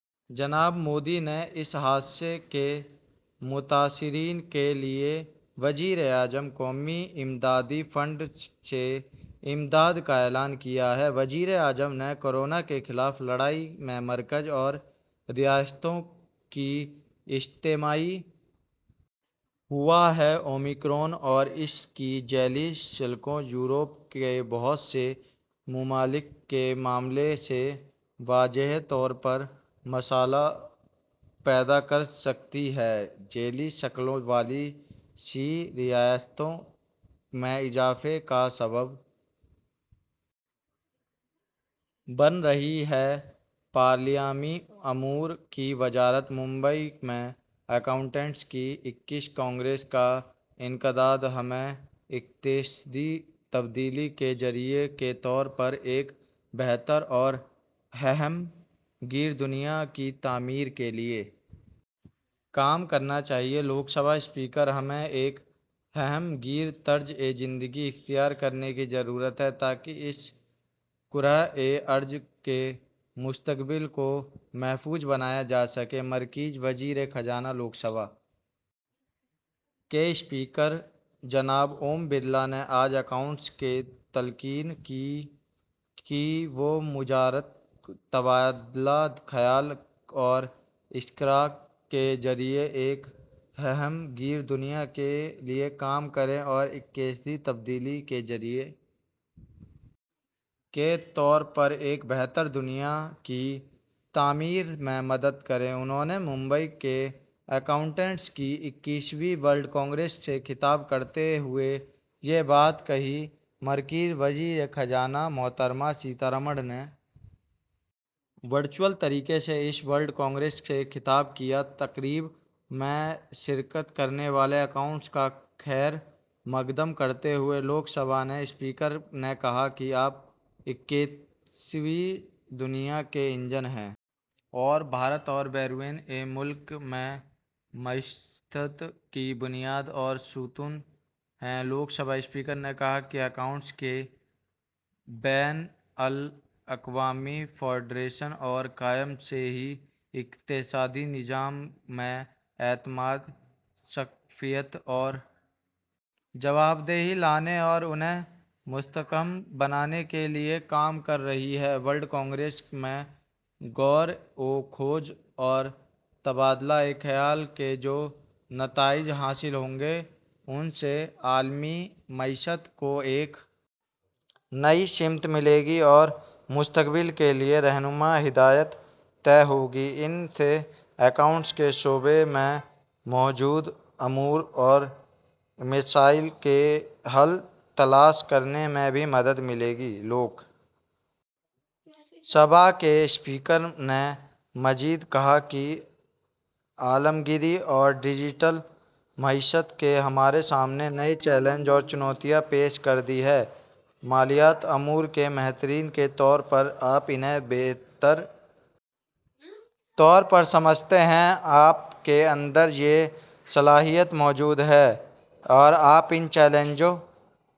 جناب مودی نے اس حادثے کے متاثرین کے لیے وزیر اعظم قومی امدادی فنڈ سے امداد کا اعلان کیا ہے وزیر اعظم نے کورونا کے خلاف لڑائی میں مرکز اور ریاستوں کی اجتماعی ہوا ہے اومیکرون اور اس کی ذیلی شکلیں یورپ کے بہت سے ممالک کے معاملے سے واضح طور پر مسئلہ پیدا کر سکتی ہیں ذیلی شکلیں بہت سی ریاستوں میں اضافے کا سبب بن رہی ہیں پارلیمانی امور کی وزارت ممبئی میں اکاؤنٹنٹس کی اکیسویں کانگریس کا انعقاد ہمیں اقتصادی تبدیلی کے ذریعہ کے طور پر ایک بہتر اور ہمہ گیر دنیا کی تعمیر کے لیے کام کرنا چاہیے لوک سبھا اسپیکر ہمیں ایک ہمہ گیر طرز زندگی اختیار کرنے کی ضرورت ہے تاکہ اس کرۂ ارض کے مستقبل کو محفوظ بنایا جا سکے مرکزی وزیر خزانہ لوک سبھا کے اسپیکر جناب اوم برلا نے آج اکاؤنٹس کو تلقین کی کہ وہ مذاکرات تبادلہ خیال اور اشتراک کے ذریعہ ایک ہمہ گیر دنیا کے لیے کام کریں اور اقتصادی تبدیلی کے ذرائع کے طور پر ایک بہتر دنیا کی تعمیر میں مدد کریں انہوں نے ممبئی میں اکاؤنٹنٹس کی اکیسویں ورلڈ کانگریس سے خطاب کرتے ہوئے یہ بات کہی مرکزی وزیر خزانہ محترمہ سیتارمن نے ورچوئل طریقے سے اس ورلڈ کانگریس سے خطاب کیا تقریب میں شرکت کرنے والے اکاؤنٹس کا خیر مقدم کرتے ہوئے لوک سبھا کے اسپیکر نے کہا کہ آپ اقتصادی دنیا کے انجن ہیں اور بھارت اور بیرون ملک میں معیشت کی بنیاد اور ستون ہیں لوک سبھا اسپیکر نے کہا کہ اکاؤنٹس کی بین الاقوامی فیڈریشن اپنے قیام سے ہی اقتصادی نظام میں اعتماد شفافیت اور جوابدہی لانے اور انہیں مستحکم بنانے کے لیے کام کر رہی ہے ورلڈ کانگریس میں غور و خوض اور تبادلہ خیال کے جو نتائج حاصل ہوں گے ان سے عالمی معیشت کو ایک نئی سمت ملے گی اور مستقبل کے لیے رہنما ہدایات طے ہوں گی ان سے اکاؤنٹس کے شعبے میں موجودہ امور اور مسائل کے حل تلاش کرنے میں بھی مدد ملے گی لوک سبھا کے اسپیکر نے مزید کہا کہ عالم کاری اور ڈیجیٹل معیشت نے ہمارے سامنے نئے چیلنج اور چنوتیاں پیش کر دی ہیں مالیاتی امور کے ماہرین کے طور پر آپ انہیں بہتر طور پر سمجھتے ہیں آپ کے اندر یہ صلاحیت موجود ہے کہ آپ ان چیلنجوں